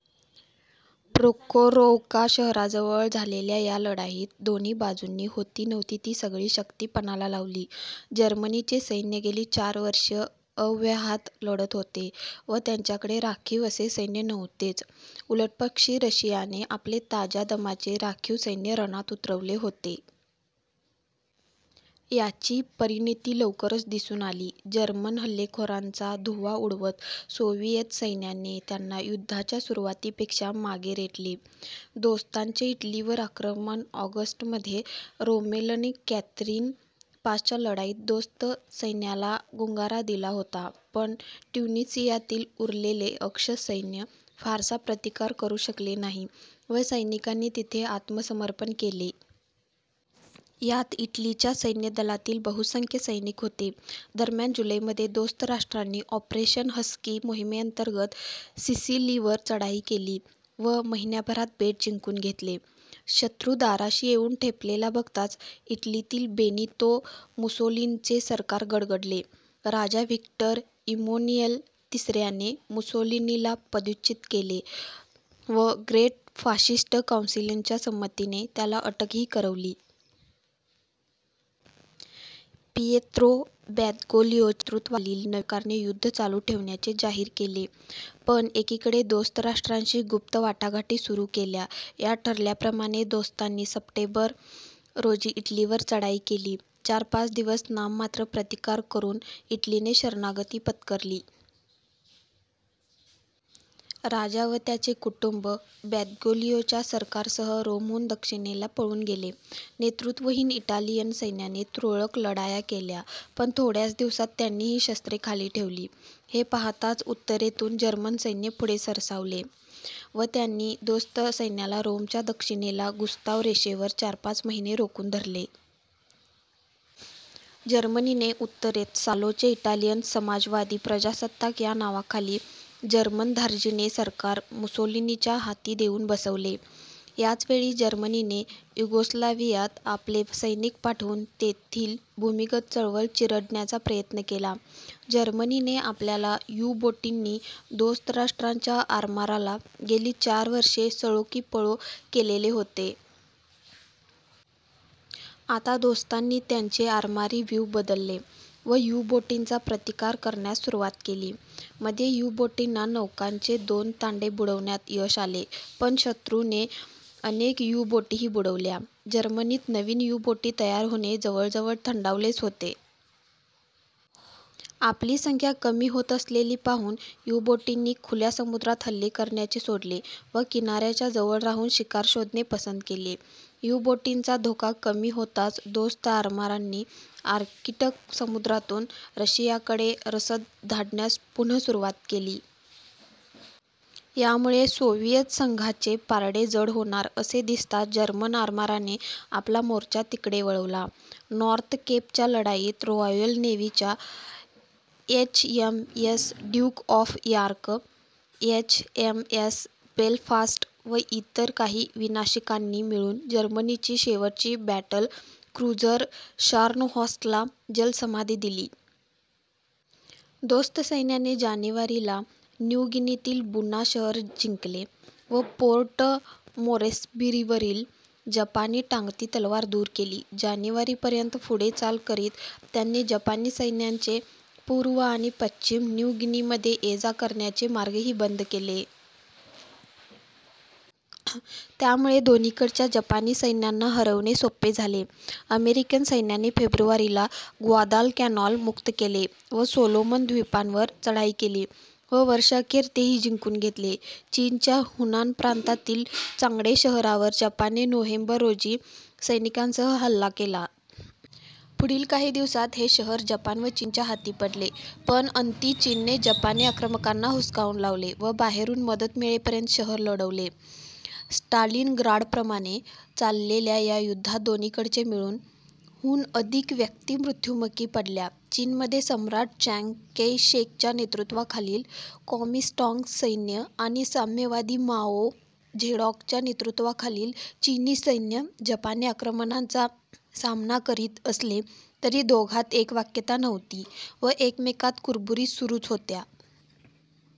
Prokhorovka शहराजवळ झालेल्या या लढाईत दोन्ही बाजूंनी होतीनव्हती ती सगळी शक्ती पणाला लावली. जर्मनीचे सैन्य गेली चार वर्षे अव्याहत लढत होते व त्यांच्याकडे राखीव असे सैन्य नव्हतेच. उलटपक्षी रशियाने आपले ताज्या दमाचे राखीव सैन्य रणात उतरवले होते. याची परिणती लवकरच दिसून आली. जर्मन हल्लेखोरांचा धुव्वा उडवत सोव्हिएत सैन्याने त्यांना युद्धाच्या सुरुवातीपेक्षा मागे रेटले. दोस्तांचे इटलीवर आक्रमण ऑगस्ट मध्ये रोमेलने कॅथेरीन पासच्या लढाईत दोस्त सैन्याला गुंगारा दिला होता पण ट्युनिसियातील उरलेले अक्ष सैन्य फारसा प्रतिकार करू शकले नाही व सैनिकांनी तेथे आत्मसमर्पण केले. यात इटलीच्या सैन्यदलातील बहुसंख्य सैनिक होते. दरम्यान जुलैमध्ये दोस्त राष्ट्रांनी ऑपरेशन हस्की मोहीमेंतर्गत सिसिलीवर चढाई केली व महिन्याभरात बेट जिंकून घेतले. शत्रु दाराशी येऊन ठेपलेला बघताच इटलीतील बेनितो मुसोलिनीचे सरकार गडगडले. राजा व्हिक्टर इम्मॅन्युएल तिसऱ्याने मुसोलिनीला पदच्युत केले व ग्रेट फाशिस्ट काउन्सिलच्या संमतीने त्याला अटकही करवली. पीयेत्रो बॅदोग्लियोच्या नेतृत्वाखालील नवीन सरकारने युद्ध चालू ठेवण्याचे जाहीर केले पण एकीकडे दोस्त राष्ट्रांशी गुप्त वाटाघाटी सुरू केल्या. यात ठरल्याप्रमाणे दोस्तांनी सप्टेंबर रोजी इटलीवर चढाई केली. चार-पाच दिवस नाममात्र प्रतिकार करून इटलीने शरणागती पत्करली. राजा व त्याचे कुटुंब बॅदोग्लियोच्या सरकारसह रोमहून दक्षिणेला पळून गेले. नेतृत्वहीन इटालियन सैन्याने तुरळक लढाया केल्या पण थोड्याच दिवसांत त्यांनीही शस्त्रे खाली ठेवली. हे पाहताच उत्तरेतून जर्मन सैन्य पुढे सरसावले व त्यांनी दोस्त सैन्याला रोमच्या दक्षिणेला गुस्ताव रेषेवर चार-पाच महिने रोखून धरले. जर्मनीने उत्तरेत सालोचे इटालियन समाजवादी प्रजासत्ताक या नावाखाली जर्मनधार्जिणे सरकार मुसोलिनीच्या हाती देऊन बसवले. याचवेळी जर्मनीने युगोस्लाव्हियात आपले सैनिक पाठवून तेथील भूमिगत चळवळ चिरडण्याचा प्रयत्न केला. जर्मनीने आपल्या यु-बोटींनी दोस्त राष्ट्रांच्या आरमाराला गेली चार वर्षे सळो की पळो केलेले होते. आता दोस्तांनी त्यांचे आरमारी व्यूह बदलले व यु-बोटींचा प्रतिकार करण्यास सुरुवात केली. मध्ये यु-बोटींना नौकांचे दोन तांडे बुडवण्यात यश आले पण शत्रूने अनेक यु-बोटीही बुडवल्या. जर्मनीत नवीन यु-बोटी तयार होणे जवळजवळ थंडावलेच होते. आपली संख्या कमी होत असलेली पाहून यु-बोटींनी खुल्या समुद्रात हल्ले करण्याचे सोडले व किनाराऱ्याच्या जवळ राहून शिकार शोधणे पसंत केले. यु-बोटींचा धोका कमी होताच दोस्त आरमारांनी आर्क्टिक समुद्रातून रशियाकडे रसद धाडण्यास पुनः सुरुवात केली. यामुळे सोव्हिएत संघाचे पारडे जड होणार असे दिसताच जर्मन आरमाराने आपला मोर्चा तिकडे वळवला. नॉर्थ केपच्या लढाईत रॉयल नेव्हीच्या H. M. S. Duke of York, H. M. S. Belfast व इतर काही विनाशिकांनी मिळून जर्मनीची शेवटची बॅटल क्रुझर शार्नहॉर्स्टला जलसमाधि दिली. दोस्त सैन्याने जानेवारी ला न्यू गिनीतील बुना शहर जिंकले व पोर्ट मोरेस्बीवरील जपानी टांगती तलवार दूर केली. जानेवारी पर्यंत पुढे चाल करीत त्यांनी जपानी सैन्याचे पूर्व आणि पश्चिम न्यू गिनीमध्ये ये-जा करण्याचे मार्गही बंद केले. त्यामुळे दोन्हीकडच्या जपानी सैन्यांना हरवणे सोपे झाले. अमेरिकन सैन्याने फेब्रुवारी ला ग्वादालकॅनाल मुक्त केले व सोलोमन द्वीपांवर चढाई केली व वर्षअखेर तेही जिंकून घेतले. चीनच्या हुनान प्रांतातील चांग्डे शहरावर जपानने नोव्हेंबर, रोजी सैनिकांसह हल्ला केला. पुढील काही दिवसांत हे शहर जपान व चीनच्या हाती पडले पण अंती चीनने जपानी आक्रमकांना हुसकावून लावले व बाहेरून मदत मिळेपर्यंत शहर लढवले. स्टालिनग्राडप्रमाणे चाललेल्या या युद्धात दोन्हीकडचे मिळून, हून अधिक व्यक्ती मृत्युमुखी पडल्या चीनमध्ये सम्राट च्यांग कै-शेकच्या नेतृत्वाखालील कॉमिन्टांग सैन्य आणि साम्यवादी माओ झेडॉॅंगच्या नेतृत्वाखालील चीनी सैन्य जपानी आक्रमणाचा सामना करीत असले तरी दोघांत एकवाक्यता नव्हती व एकमेकांत कुरबुरी सुरूच होत्या.